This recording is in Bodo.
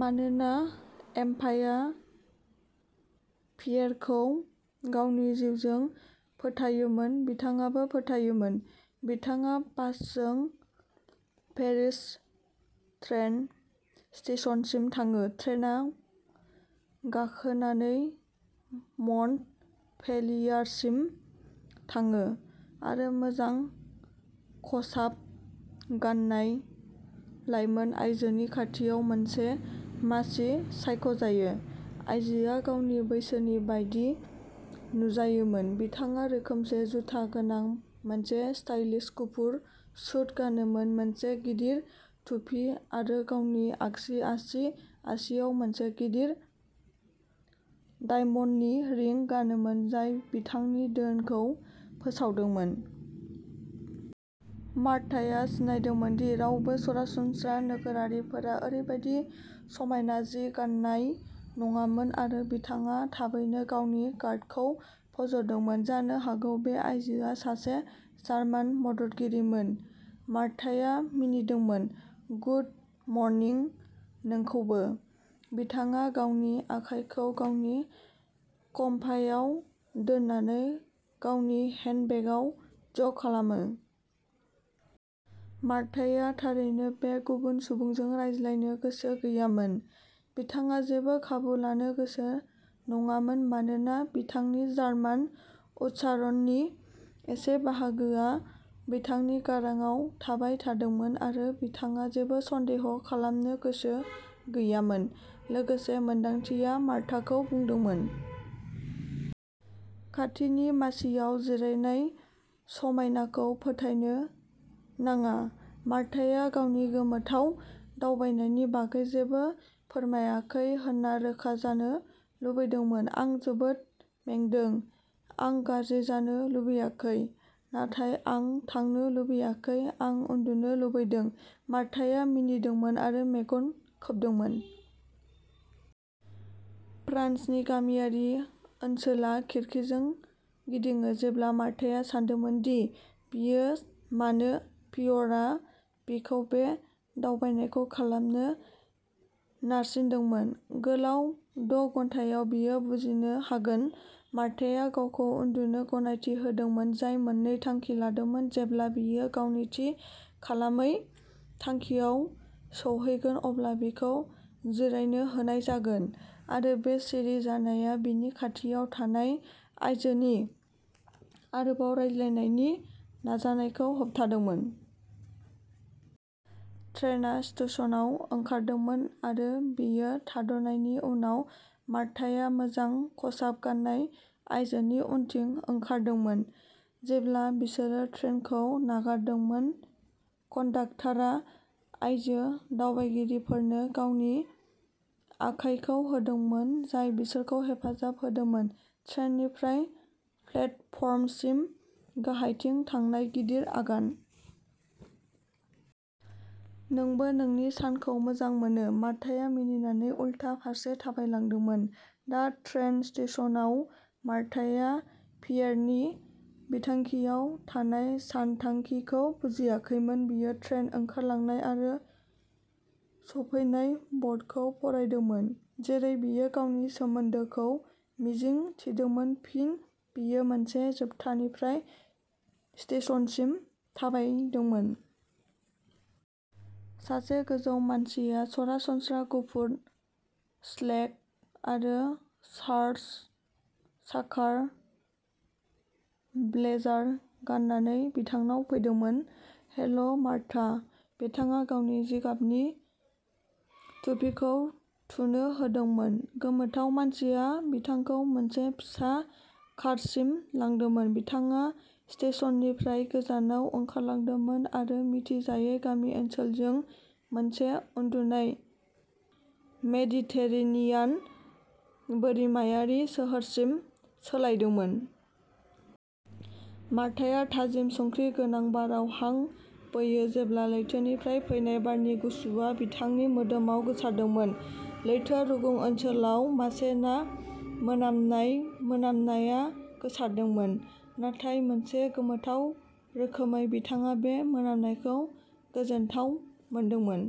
मानोना एम्माया पियेरखौ गावनि जिउजों फोथायोमोन, बिथाङाबो फोथायोमोन। बिथाङा बासजों पेरिस ट्रेन स्टेशनसिम थाङो, ट्रेनआव गाखोनानै मन्टपेलियारसिम थाङो, आरो मोजां खसाब गान्नाय लाइमोन आइजोनि खाथियाव मोनसे मासि सायख'यो। आयजोआ गावनि बैसोनि बायदि नुजायोमोन, बिथाङा रोखोमसे जुथा गोनां मोनसे स्टाइलिश गुफुर सुट गानोमोन, मोनसे गिदिर टुपि, आरो गावनि आगसि आसि आसिआव मोनसे गिदिर डायमन्डनि रिं गानोमोन जाय बिथांनि धोनखौ फोसावदोंमोन। मार्ताया सिनायदोंमोन दि रावबो सरासनस्रा नोगोरारिफोरा ओरैबायदि समायना जि गान्नाय नङामोन, आरो बिथाङा थाबैनो गावनि गार्डखौ फज'दोंमोन। जानो हागौ बे आइजोआ सासे जार्मान मददगिरिमोन। मार्ताया मिनिदोंमोन। "गुड मर्निं, नोंखौबो।" बिथाङा गावनि आखाइखौ गावनि खप्पायाव दोननानै गावनि हेन्डबेगआव ज'खालामो। मार्ताया थारैनो बे गुबुन सुबुंजों रायज्लायनो गोसो गैयामोन। बिथाङा जेबो खाबु लानो गोसो नङामोन मानोना बिथांनि जार्मान उच्चारणनि एसे बाहागोआ बिथांनि गारांआव थाबाय थादोंमोन, आरो बिथाङा जेबो सन्देह खालामनो गोसो गैयामोन। लोगोसे, मोनदांथिया मार्ताखौ बुंदोंमोन। खाथिनि मासिआव जिरायनाय समायनाखौ फोथायनो नाङा। मार्ताया गावनि गोमोथाव दावबायनायनि बागै जेबो फोरमायाखै होनना रोखा जानो लुबैदोंमोन। "आं जोबोद मेंदों। आं गाज्रि जानो लुबैयाखै, नाथाय आं थांनो लुबैयाखै। आं उन्दुनो लुबैदों।" मार्ताया मिनिदोंमोन आरो मेगन खोबदोंमोन। फ्रान्सनि गामियारि ओनसोला खिरखिजों गिदिङो जेब्ला मार्ताया सानदोंमोन दि बियो मानो पियेरआ बिखौ बे दावबायनायखौ खालामनो नारसिनदोंमोन। गोलाव द'घन्टायाव, बियो बुजिनो हागोन। मार्ताया गावखौ उन्दुनो गनायथि होदोंमोन जाय मोननै थांखि लादोंमोन। जेब्ला बियो गावनि थि खालामै थांखिआव सौहैगोन अब्ला बिखौ जिरायनो होनाय जागोन, आरो बे सिरि जानाया बिनि खाथियाव थानाय आइजोनि आरोबाव रायज्लायनायनि नाजानायखौ होबथादोंमोन। ट्रेनआ स्टेशनआव ओंखारदोंमोन, आरो बेयो थाद'नायनि उनाव, मार्ताया मोजां खसाब गान्नाय आइजोनि उनथिं ओंखारदोंमोन। जेब्ला बिसोरो ट्रेनखौ नागारदोंमोन, कन्डाकटारा आयजो दावबायारिफोरनो गावनि आखायखौ होदोंमोन, जाय बिसोरखौ हेफाजाब होदोंमोन। ट्रेननिफ्राय प्लेटफर्मसिम गाहायथिं थांनाय गिदिर आगान। "नोंबो नोंनि सानखौ मोजां मोनो।" मार्ताया मिनिनानै उलथा फारसे थाबायलांदोंमोन। दा ट्रेन स्टेशनआव मार्ताया पियेरनि बिथांखियाव थानाय सानथांखिखौ बुजियाखैमोन। बियो ट्रेन ओंखारलांनाय आरो सफैनाय बर्डखौ फरायदोंमोन, जेरै बियो गावनि सोमोन्दोखौ मिजिं थिदोंमोन। फिन बियो मोनसे जोबथानिफ्राय स्टेशनसिम थाबायदोंमोन। सासे गोजौ मानसिया सरासनस्रा गुफुर स्लेक आरो सार्च-साकार ब्लेजार गाननानै बिथांनाव फैदोंमोन। "Hello, Marta." बिथाङा गावनि जिगाबनि टुपिखौ थुनो होदोंमोन। गोमोथाव मानसिया बिथांखौ मोनसे फिसा कारसिम लांदोंमोन। बिथाङा स्टेशननिफ्राय गोजानाव ओंखारलांदोंमोन आरो मिथिजायै गामि ओनसोलजों मोनसे उन्दुनाय मेडिटेरेनियान बोरिमायारि सोहोरसिम सालायदोंमोन। मार्ताया थाजिम संख्रि गोनां बाराव हां बोयो जेब्ला लैथोनिफ्राय फैनाय बारनि गुसुआ बिथांनि मोदोमाव गोसारदोंमोन। लैथो रुगुं ओनसोलाव मासे ना मोनामनाय मोनामनाया गोसारदोंमोन, नाथाय मोनसे गोमोथाव रोखोमै, बिथाङा बे मोनामनायखौ गोजोनथाव मोनदोंमोन।